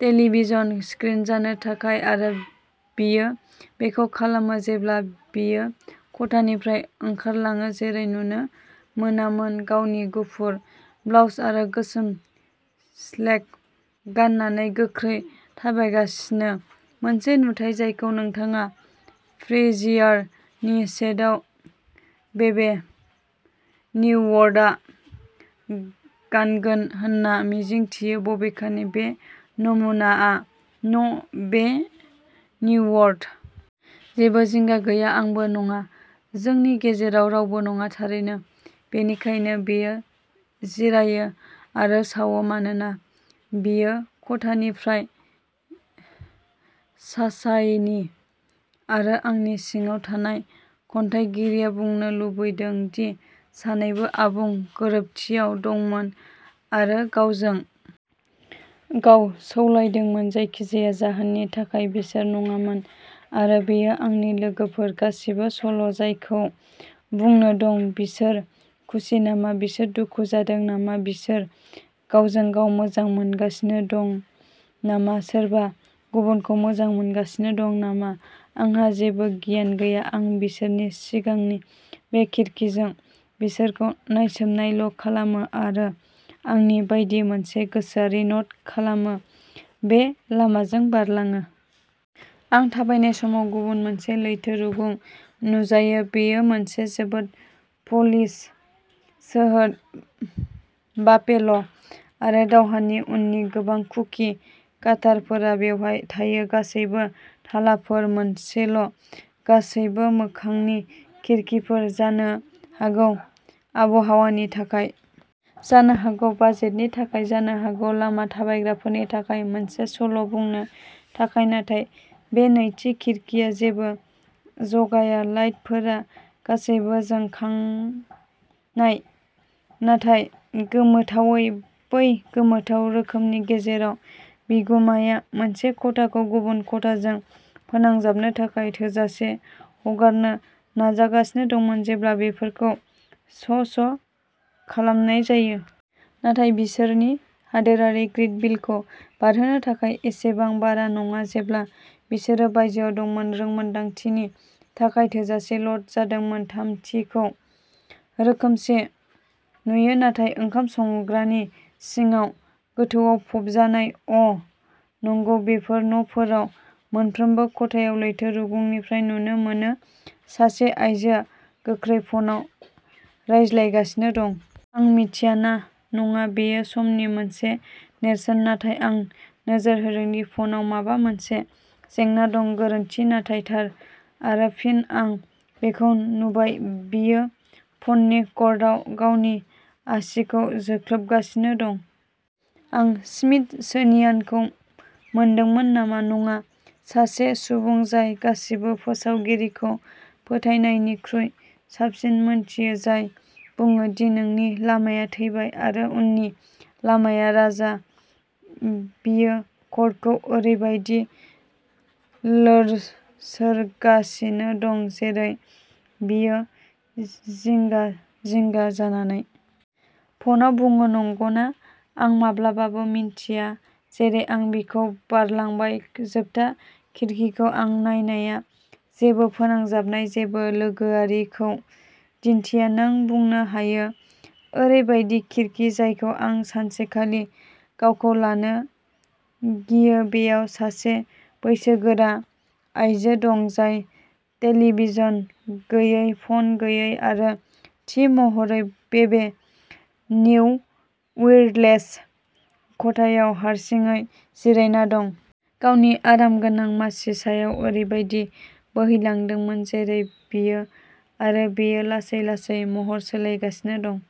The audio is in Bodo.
टेलिभिजन स्क्रिन जानो थाखाय आरो बियो बेखौ खालामो जेब्ला बियो खथानिफ्राय ओंखारलाङो जेरै नुनो मोनामोन गावनि गुफुर ब्लाउज आरो गोसोम स्लेक गाननानै गोख्रै थाबायगासिनो मोनसे नुथाइ जायखौ नोंथाङा फ्रेजियार नि सेटआव बेबे न्युवर्थआ गानगोन होनना मिजिंथियो बबेखानि बे नमुनाआ न' बे न्युवर्थ। जेबो जिंगा गैया आंबो नङा। जोंनि गेजेराव रावबो नङा थारैनो। बेनिखायनो बियो जिरायो आरो सावो मानोना बियो खथानिफ्राय साशायनि आरो आंनि सिङाव थानाय खन्थाइगिरिया बुंनो लुबैदों दि सानैबो आबुं गोरोबथियाव दंमोन आरो गावजों गाव सौलायदोंमोन जायखिजाया जाहोननि थाखाय बिसोर नङामोन आरो बेयो आंनि लोगोफोर गासिबो सल'जायखौ बुंनो दं बिसोर खुसि नामा बिसोर दुखु जादों नामा बिसोर गावजों गाव मोजां मोनगासिनो दं नामा सोरबा गुबुनखौ मोजां मोनगासिनो दं नामा आंहा जेबो गियान गैया आं बिसोरनि सिगांनि बे खिरखिजों बिसोरखौ नायसोमनायल' खालामो आरो आंनि बायदि मोनसे गोसोआरि न'ट खालामो बे लामाजों बारलाङो। आं थाबायनाय समाव गुबुन मोनसे लैथो रुगुं नुजायो बेयो मोनसे जोबोद प'लिश सोहोर बाफेल' आरो दावहानि उननि गोबां कुकि काटार फोरा बेवहाय थायो गासैबो थालाफोर मोनसेल गासैबो मोखांनि खिरखिफोर। जानो हागौ आबहावानि थाखाय जानो हागौ बाजेटनि थाखाय जानो हागौ लामा थाबायग्राफोरनि थाखाय मोनसे सल' बुंनो थाखाय नाथाय बे नैथि खिरखिआ जेबो जगाया लाइटफोरा गासैबो जोंखांनाय नाथाय गोमोथावै बै गोमोथाव रोखोमनि गेजेराव बिगुमाया मोनसे खथाखौ गुबुन खथाजों फोनांजाबनो थाखाय थोजासे हगारनो नाजागासिनो दंमोन जेब्ला बेफोरखौ स स खालामनाय जायो। नाथाय बिसोरनि हादोरारि ग्रिड बिलखौ बारहोनो थाखाय एसेबां बारा नङा जेब्ला बिसोरो बायजोआव दंमोन रोंमोन्दांथिनि थाखाय थोजासे ल'ड जादोंमोन। थामथिखौ रोखोमसे नुयो नाथाय ओंखाम संग्रानि सिङाव गोथौआव फबजानाय अ नंगौ बेफोर न'फोराव मोनफ्रोमबो खथायाव लैथो रुगुंनिफ्राय नुनो मोनो सासे आयजोआ गोख्रै फनआव रायज्लायगासिनो दं। आं मिथिया ना नङा बेयो समनि मोनसे नेरसोन नाथाय आं नोजोर होदों दि फनाव माबा मोनसे जेंना दं गोरोन्थि नाथाय थार आरो फिन आं बेखौ नुबाय बियो फननि कर्डआव गावनि आसिखौ जोख्लोबगासिनो दं आं स्मिथसोनियानखौ मोनदोंमोन नामा नङा सासे सुबुं जाय गासिबो फोसावगिरिखौ फोथायनायनिख्रुइ साबसिन मोनथियो जाय बुङो दि नोंनि लामाया थैबाय आरो उननि लामाया राजा बियो कर्डखौ ओरैबायदि लोरसोरगासिनो दं जेरै बियो जिंगा जिंगा जानानै फनाव बुङो नंगौना आं माब्लाबाबो मिन्थिया जेरै आं बिखौ बारलांबाय जोबथा खिरखिखौ आं नायनाया जेबो फोनांजाबनाय जेबो लोगोआरिखौ दिन्थिया नों बुंनो हायो ओरैबायदि खिरखि जायखौ आं सानसेखालि गावखौ लानो गियो बेयाव सासे बैसोगोरा आइजो दं जाय टेलिभिजन गैयै फन गैयै आरो थि महरै बेबे निउविर्थलेस खथायाव हारसिङै जिरायना दं। गावनि आरामगोनां मासि सायाव ओरैबायदि बोहैलांदोंमोन जेरै बियो आरो बेयो लासै-लासै महर सोलायगासिनो दं।